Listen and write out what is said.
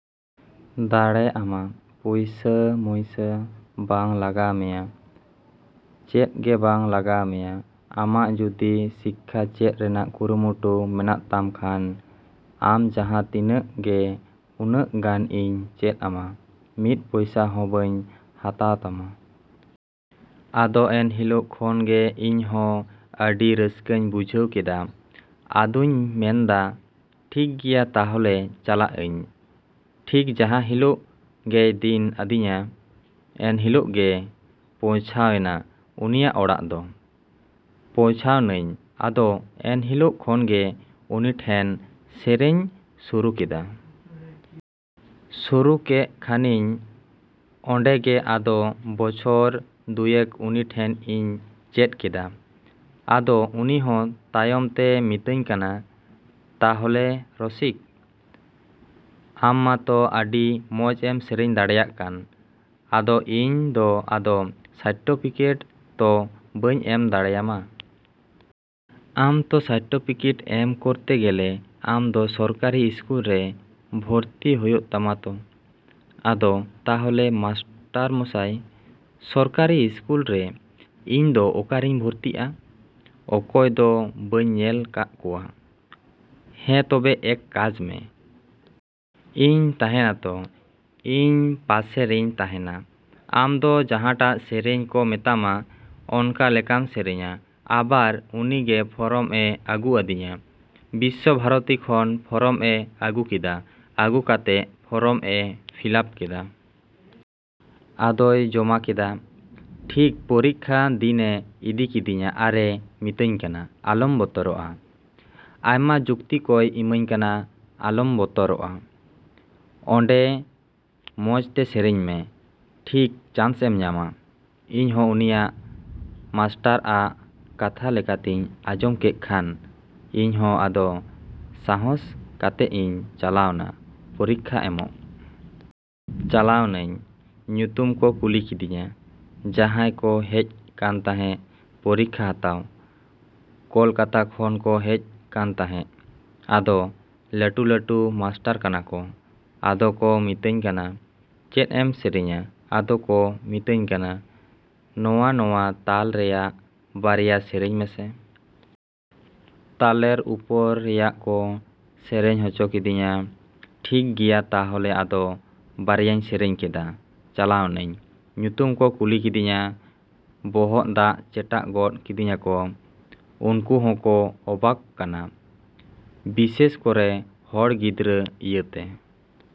ᱫᱟᱲᱮ ᱟᱢᱟ᱾ ᱯᱚᱭᱥᱟ ᱢᱚᱭᱥᱟ ᱵᱟᱝ ᱞᱟᱜᱟᱣ ᱢᱮᱭᱟ, ᱪᱮᱫ ᱜᱮ ᱵᱟᱝ ᱞᱟᱜᱟᱣ ᱢᱮᱭᱟ᱾ ᱟᱢᱟᱜ ᱡᱚᱫᱤ ᱥᱤᱠᱠᱷᱟ ᱪᱮᱫ ᱨᱮᱱᱟᱜ ᱠᱩᱨᱩᱢᱩᱴᱩ ᱢᱮᱱᱟᱜ ᱛᱟᱢ ᱠᱷᱟᱱ, ᱟᱢ ᱡᱟᱸᱦᱟ ᱛᱤᱱᱟᱹᱜ ᱜᱮ ᱩᱱᱟᱹᱜ ᱜᱟᱱ ᱤᱧ ᱪᱮᱫ ᱟᱢᱟ᱾ ᱢᱤᱫ ᱯᱚᱭᱥᱟ ᱦᱚᱵᱟᱧ ᱦᱟᱛᱟᱣ ᱛᱟᱢᱟ᱾ ᱟᱫᱚ ᱮᱱᱦᱤᱞᱳᱜ ᱠᱷᱚᱱ ᱜᱮ ᱤᱧᱦᱚᱸ ᱟᱹᱰᱤ ᱨᱟᱹᱥᱠᱟᱹᱧ ᱵᱩᱡᱷᱟᱹᱣ ᱠᱮᱫᱟ᱾ ᱟᱫᱚᱧ ᱢᱮᱱᱫᱟ, ᱴᱷᱤᱠ ᱜᱮᱭᱟ ᱛᱟᱦᱞᱮ ᱪᱟᱞᱟᱜ ᱟᱹᱧ᱾ ᱴᱷᱤᱠ ᱡᱟᱸᱦᱟ ᱦᱤᱞᱳᱜ ᱜᱮᱭ ᱫᱤᱱ ᱟᱫᱤᱧᱟ, ᱮᱱᱦᱤᱞᱳᱜ ᱜᱮ ᱯᱳᱪᱷᱟᱣᱱᱟ ᱩᱱᱤᱭᱟᱜ ᱚᱲᱟᱜ ᱫᱚ᱾ ᱯᱳᱪᱷᱟᱣ ᱱᱟᱧ᱾ ᱟᱫᱚ ᱮᱱ ᱦᱤᱞᱳᱜ ᱠᱷᱚᱱᱜᱮ ᱩᱱᱤ ᱴᱷᱮᱱ ᱥᱮᱨᱮᱧ ᱥᱩᱨᱩ ᱠᱮᱫᱟ᱾ ᱥᱩᱨᱩ ᱠᱮᱜ ᱠᱷᱟᱱᱤᱧ ᱚᱱᱰᱮ ᱜᱮ ᱟᱫᱚ ᱵᱚᱪᱷᱚᱨ ᱫᱩᱭᱮᱠ ᱩᱱᱤ ᱴᱷᱮᱱ ᱤᱧ ᱪᱮᱫ ᱠᱮᱫᱟ᱾ ᱟᱫᱚ ᱩᱱᱤᱦᱚᱸ ᱛᱟᱭᱚᱢᱛᱮ ᱢᱮᱛᱟᱧ ᱠᱟᱱᱟ, ᱛᱟᱦᱞᱮ ᱨᱚᱥᱤᱠ, ᱟᱢ ᱢᱟᱛᱚ ᱟᱹᱰᱤ ᱢᱚᱸᱡ ᱮᱢ ᱥᱮᱨᱮᱧ ᱫᱟᱲᱮᱜ ᱠᱟᱱ᱾ ᱟᱫᱚ ᱤᱧ ᱫᱚ ᱟᱫᱚ ᱥᱟᱨᱴᱤᱯᱷᱤᱠᱮᱴ ᱛᱚ ᱵᱟᱹᱧ ᱮᱢ ᱫᱟᱲᱮ ᱟᱢᱟ᱾ ᱟᱢ ᱛᱚ ᱥᱟᱨᱴᱤᱯᱷᱤᱠᱮᱴ ᱮᱢ ᱠᱚᱨᱛᱮ ᱜᱮᱞᱮ ᱟᱢᱫᱚ ᱥᱚᱨᱠᱟᱨᱤ ᱤᱥᱠᱩᱞ ᱨᱮ ᱵᱷᱚᱨᱛᱤ ᱦᱩᱭᱩᱜ ᱛᱟᱢᱟ ᱛᱚ? ᱟᱫᱚ, ᱛᱟᱦᱞᱮ ᱢᱟᱥᱴᱟᱨ ᱢᱚᱥᱟᱭ, ᱥᱚᱠᱟᱨᱤ ᱤᱥᱠᱩᱞᱨᱮ ᱤᱧ ᱫᱚ ᱚᱠᱟᱨᱮᱧ ᱵᱷᱚᱨᱛᱤᱜ-ᱟ? ᱚᱠᱚᱭᱫᱚ ᱵᱟᱹᱧ ᱧᱮᱞ ᱠᱟᱜ ᱠᱚᱣᱟ᱾ ᱦᱮᱸ ᱛᱚᱵᱮ ᱮᱠ ᱠᱟᱡ ᱢᱮ᱾ ᱤᱧ ᱛᱟᱸᱦᱮᱱ ᱟᱛᱚ, ᱤᱧ ᱯᱟᱥᱮ ᱨᱤᱧ ᱛᱟᱸᱦᱮᱱᱟ᱾ ᱟᱢ ᱫᱚ ᱡᱟᱸᱦᱟᱴᱟᱜ ᱥᱮᱨᱮᱧ ᱠᱚ ᱢᱮᱛᱟᱢᱟ, ᱚᱱᱠᱟ ᱞᱮᱠᱟᱢ ᱥᱮᱨᱮᱧᱟ᱾ ᱟᱵᱟᱨ ᱩᱱᱤᱜᱮ ᱯᱷᱚᱨᱚᱢᱮ ᱟᱹᱜᱩ ᱟᱹᱫᱤᱧᱟ᱾ ᱵᱤᱥᱥᱚ ᱵᱷᱟᱨᱚᱛᱤ ᱠᱷᱚᱱ ᱯᱷᱚᱨᱚᱢᱮ ᱟᱹᱜᱩ ᱠᱮᱫᱟ᱾ ᱟᱹᱜᱩ ᱠᱟᱛᱮᱜ ᱯᱷᱚᱨᱚᱢ ᱮ ᱯᱷᱤᱞᱟᱯ ᱠᱮᱫᱟ᱾ ᱟᱫᱚᱭ ᱡᱚᱢᱟ ᱠᱮᱫᱟ᱾ ᱴᱷᱤᱠ ᱯᱚᱨᱤᱠᱠᱷᱟ ᱫᱤᱱᱮ ᱤᱫᱤ ᱠᱮᱫᱤᱧᱟ ᱟᱨᱮ ᱢᱤᱛᱟᱹᱧ ᱠᱟᱱᱟ, ᱟᱞᱚᱢ ᱵᱚᱛᱨᱚᱜ-ᱟ᱾ ᱟᱭᱢᱟ ᱡᱩᱠᱛᱤ ᱠᱚᱭ ᱮᱢᱟᱹᱧ ᱠᱟᱱᱟ, ᱟᱞᱚᱢ ᱵᱚᱛᱚᱨᱚᱜ-ᱟ᱾ ᱚᱱᱰᱮ ᱢᱚᱸᱡᱛᱮ ᱥᱮᱨᱮᱧ ᱢᱮ᱾ ᱴᱷᱤᱠ ᱪᱟᱱᱥ ᱮᱢ ᱧᱟᱢᱟ᱾ ᱤᱧᱦᱚᱸ ᱩᱱᱤᱭᱟᱜ ᱢᱟᱥᱴᱟᱨ ᱟᱜ ᱠᱟᱛᱷᱟ ᱞᱮᱠᱟᱛᱤᱧ ᱟᱸᱡᱚᱢ ᱠᱮᱜ ᱠᱷᱟᱱ, ᱤᱧᱦᱚᱸ ᱟᱫᱚ ᱥᱟᱦᱚᱥ ᱠᱟᱛᱮᱜ ᱤᱧ ᱪᱟᱞᱟᱣᱱᱟ ᱯᱚᱨᱤᱠᱠᱷᱟ ᱮᱢᱚᱜ᱾ ᱪᱟᱞᱟᱣᱱᱟᱧ᱾ ᱧᱩᱛᱩᱢ ᱠᱚ ᱠᱩᱞᱤ ᱠᱤᱫᱤᱧᱟ᱾ ᱡᱟᱸᱦᱟᱭ ᱠᱚ ᱦᱮᱡ ᱠᱟᱱ ᱛᱟᱸᱦᱮᱜ ᱯᱚᱨᱤᱠᱠᱷᱟ ᱦᱟᱛᱟᱣ, ᱠᱚᱞᱠᱟᱛᱟ ᱠᱷᱚᱱ ᱠᱚ ᱦᱮᱡ ᱠᱟᱱ ᱛᱟᱸᱦᱮᱜ᱾ ᱟᱫᱚ ᱞᱟᱹᱴᱩ ᱞᱟᱹᱴᱩ ᱢᱟᱥᱴᱟᱨ ᱠᱟᱱᱟ ᱠᱚ᱾ ᱟᱫᱚ ᱠᱚ ᱢᱤᱛᱟᱹᱧ ᱠᱟᱱᱟ, ᱪᱮᱫ ᱮᱢ ᱥᱮᱨᱮᱧᱟ? ᱟᱫᱚ ᱠᱚ ᱢᱤᱛᱟᱹᱧ ᱠᱟᱱᱟ, ᱱᱚᱣᱟ ᱱᱚᱣᱟ ᱛᱟᱞ ᱨᱮᱭᱟᱜ ᱵᱟᱨᱭᱟ ᱥᱮᱨᱮᱧ ᱢᱮᱥᱮ᱾ ᱛᱟᱞᱮᱨ ᱩᱯᱚᱨ ᱨᱮᱭᱟᱜ ᱠᱚ ᱥᱮᱨᱮᱧ ᱦᱚᱪᱚ ᱠᱤᱫᱤᱧᱟ᱾ ᱴᱷᱤᱠ ᱜᱮᱭᱟ ᱛᱟᱦᱞᱮ ᱟᱫᱚ ᱵᱟᱨᱭᱟᱧ ᱥᱮᱨᱮᱧ ᱠᱮᱫᱟ᱾ ᱪᱟᱞᱟᱣᱱᱟᱧ᱾ ᱧᱩᱛᱩᱢ ᱠᱚ ᱠᱩᱞᱤ ᱠᱤᱫᱤᱧᱟ᱾ ᱵᱚᱦᱚᱜ ᱫᱟᱜ ᱪᱮᱴᱟᱜ ᱜᱚᱫ ᱠᱤᱫᱤᱧᱟᱠᱚ᱾ ᱩᱱᱠᱩ ᱦᱚᱸᱠᱚ ᱚᱵᱟᱠ ᱠᱟᱱᱟ ᱵᱤᱥᱮᱥ ᱠᱚᱨᱮ ᱦᱚᱲ ᱜᱤᱫᱽᱨᱟᱹ ᱤᱭᱟᱹᱛᱮ᱾